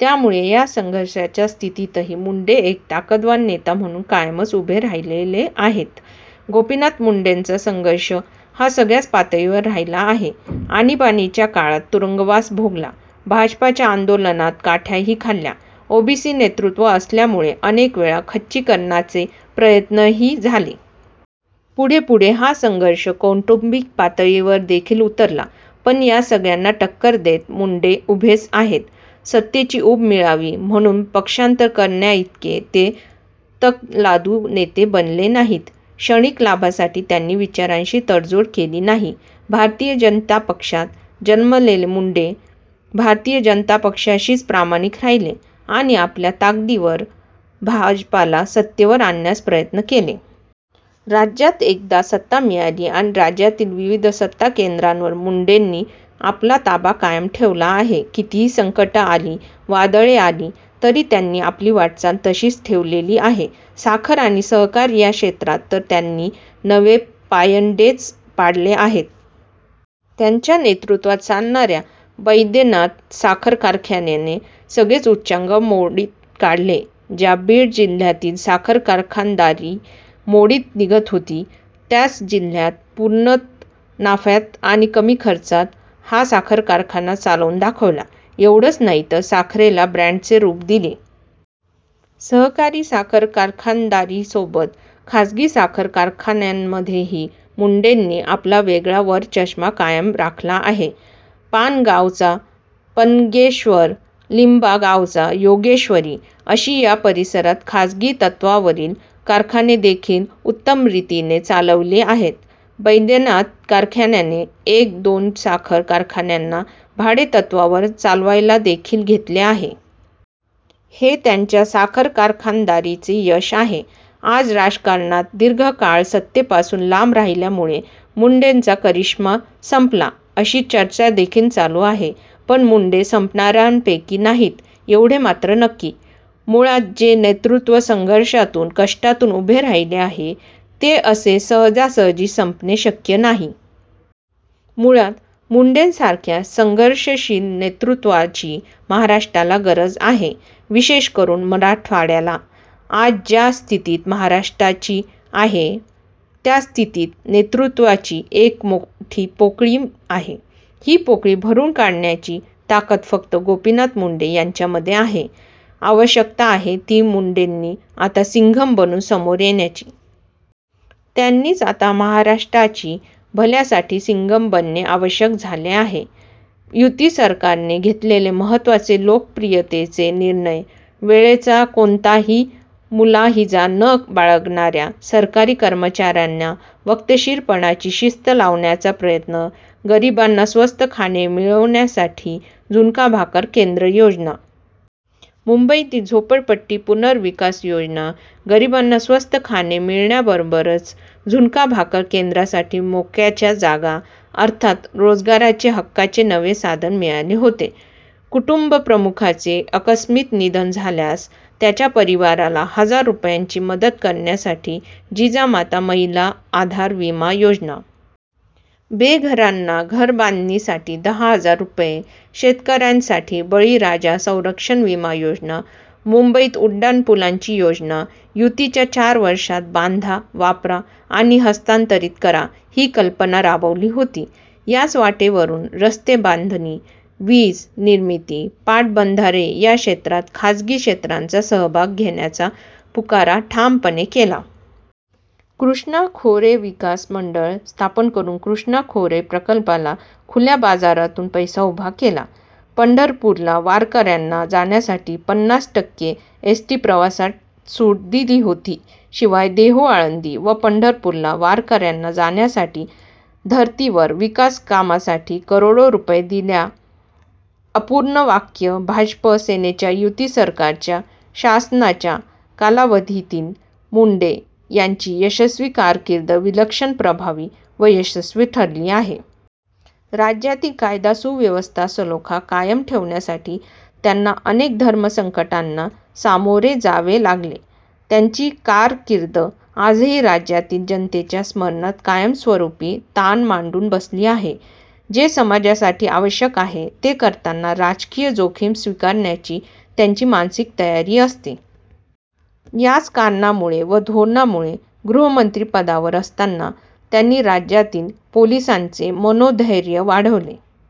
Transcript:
त्यामुळे या संघर्षाच्या स्थितीतही मुंडे एक ताकदवान नेता म्हणून कायमच उभे राहिलेले आहेत. गोपीनाथ मुंडेंचा संघर्ष हा सगळय़ाच पातळीवर राहिला आहे. आणीबाणीच्या काळात तुरुंगवास भोगला. भाजपाच्या आन्दोलनात काठय़ाही खाल्ल्या. ओबीसी नेतृत्व असल्यामुळे अनेकवेळा खच्चीकरणाचे प्रयत्नही झाले. पुढे-पुढे हा संघर्ष कौटुंबिक पातळीवरदेखील उतरला; पण या सगळय़ांना टक्कर देत मुंडे उभेच आहेत. सत्तेची ऊब मिळावी म्हणून पक्षान्तर करण्याइतके ते तकलादू नेते बनले नाहीत. क्षणिक लाभासाठी त्यांनी विचारांशी तडजोड केली नाही. भारतीय जनता पक्षात जन्मलेले मुंडे, भारतीय जनता पक्षाशीच प्रामाणिक राहिले आणि आपल्या ताकदीवर भाजपाला सत्तेवर आणण्यासाठी प्रयत्न केले. राज्यात एकदा सत्ता मिळाली आणि राज्यातील विविध सत्ताकेंद्रावर मुंडेंनी आपला ताबा कायम ठेवला आहे. कितीही संकटे आली, वादळे आली तरी त्यांनी आपली वाटचाल तशीच ठेवलेली आहे. साखर आणि सहकार या क्षेत्रात तर त्यांनी नवे पायंडेच पाडले आहेत. त्यांच्या नेतृत्वात चालणाऱ्या वैद्यनाथ साखर कारखान्याने सगळेच उच्चांक मोडीत काढले. ज्या बीड जिल्ह्यातील साखर कारखानदारी मोडीत निघत होती, त्याच जिल्ह्यात पूर्णत नफ्यात आणि कमी खर्चात हा साखर कारखाना चालवून दाखविला. एवढंच नाहीतर साखरेला ब्रॅंडचे रूप दिले. सहकारी साखर कारखानदारीसोबत खासगी साखर कारखान्यांमध्येही मुंडेंनी आपला वेगळा वरचष्मा कायम राखला आहे. पानगावचा पन्नगेश्वर, लिम्बा गावचा योगेश्वरी, अशी या परिसरात खासगी तत्त्वावरील कारखानेदेखील उत्तमरीतीने चालविले आहेत. वैद्यनाथ कारखान्याने एक-दोन साखर कारखान्यांना भाडेतत्त्वावर चालवायलादेखील घेतले आहे. हे त्यांच्या साखर कारखानदारीचे यश आहे. आज राजकारणात दीर्घकाळ सत्तेपासून लांब राहिल्यामुळे मुंडेंचा करिष्मा सम्पला, अशी चर्चादेखील चालू आहे. पण मुंडे संपणाऱ्यांपैकी नाहीत एवढे मात्र नक्की. मुळात जे नेतृत्व संघर्षातून, कष्टातून उभे राहिले आहे, ते असे सहजासहजी संपणे शक्य नाही. मुळात मुंडेंसारख्या संघर्षशील नेतृत्वाची महाराष्ट्राला गरज आहे. विशेष करून मराठवाडय़ाला. आज ज्या स्थितीत महाराष्ट्राची आहे त्या स्थितीत नेतृत्वाची एक मोठी पोकळी आहे. ही पोकळी भरून काढण्याची ताकद फक्त गोपीनाथ मुंडे यांच्यामध्ये आहे. आवश्यकता आहे ती मुंडेंनी आता सिंघम बनून समोर येण्याची. त्यांनीच आता महाराष्ट्राची भल्यासाठी सिंघम बनणे आवश्यक झाले आहे. युती सरकारने घेतलेले महत्त्वाचे लोकप्रियतेचे निर्णय: वेळेचा कोणताही मुलाहिजा न बाळगणाऱ्या सरकारी कर्मचाऱ्यांना वक्तशीरपणाची शिस्त लावण्याचा प्रयत्न. गरिबांना स्वस्त खाणे मिळण्यासाठी झुणका भाकर केंद्र योजना. मुम्बईतील झोपडपट्टी पुनर्विकास योजना. गरिबांना स्वस्त खाणे मिळण्याबरोबरच झुणका भाकर केंद्रांसाठी मोक्याच्या जागा अर्थात रोजगाराचे हक्काचे नवे साधन मिळाले होते. कुटुम्बप्रमुखाचे आकस्मिक निधन झाल्यास त्याच्या परिवाराला हजार रुपयांची मदत करण्यासाठी जिजामाता महिला आधार विमा योजना. बेघरांना घरबांधणीसाठी दहा हजार रुपये. शेतकऱ्यांसाठी बळीराजा संरक्षण विमा योजना. मुम्बईत उड्डाणपुलांची योजना. युतीच्या चार वर्षांत 'बांधा, वापरा आणि हस्तांतरित करा,' ही कल्पना राबवली होती. याच वाटेवरून रस्तेबांधणी, वीज निर्मिती, पाटबंधारे या क्षेत्रांत खाजगी क्षेत्रांचा सहभाग घेण्याचा पुकारा ठामपणे केला. कृष्णा खोरे विकास मण्डळ स्थापन करून कृष्णा खोरे प्रकल्पाला खुल्या बाजारातून पैसा उभा केला. पण्ढरपूरला वारकऱ्यांना जाण्यासाठी पन्नास टक्के एस. टी. प्रवासात सुट दिली होती. शिवाय देहू, आळन्दी व पण्ढरपूरला वारकऱ्यांना जाण्यासाठी धर्तीवर विकास कामासाठी करोडो रुपये दिल्या अपूर्ण वाक्य भाजप -सेनेच्या युतीसरकारच्या शासनाच्या कालावधीतील मुंडे यांची यशस्वी कारकीर्द विलक्षण प्रभावी व यशस्वी ठरली आहे. राज्यातील कायदा सुव्यवस्था सलोखा कायम ठेवण्यासाठी त्यांना अनेक धर्मसंकटांना सामोरे जावे लागले, त्यांची कारकीर्द आजही राज्यातील जनतेच्या स्मरणात कायम स्वरूपी ताण मांडून बसली आहे. जे समाजासाठी आवश्यक आहे ते करताना राजकीय जोखीम स्वीकारण्याची त्यांची मानसिक तयारी असते. याच कारणांमुळे व धोरणांमुळे गृहमंत्री पदावर असतांना त्यांनी राज्यातील पोलिसांचे मनोधैर्य वाढविले.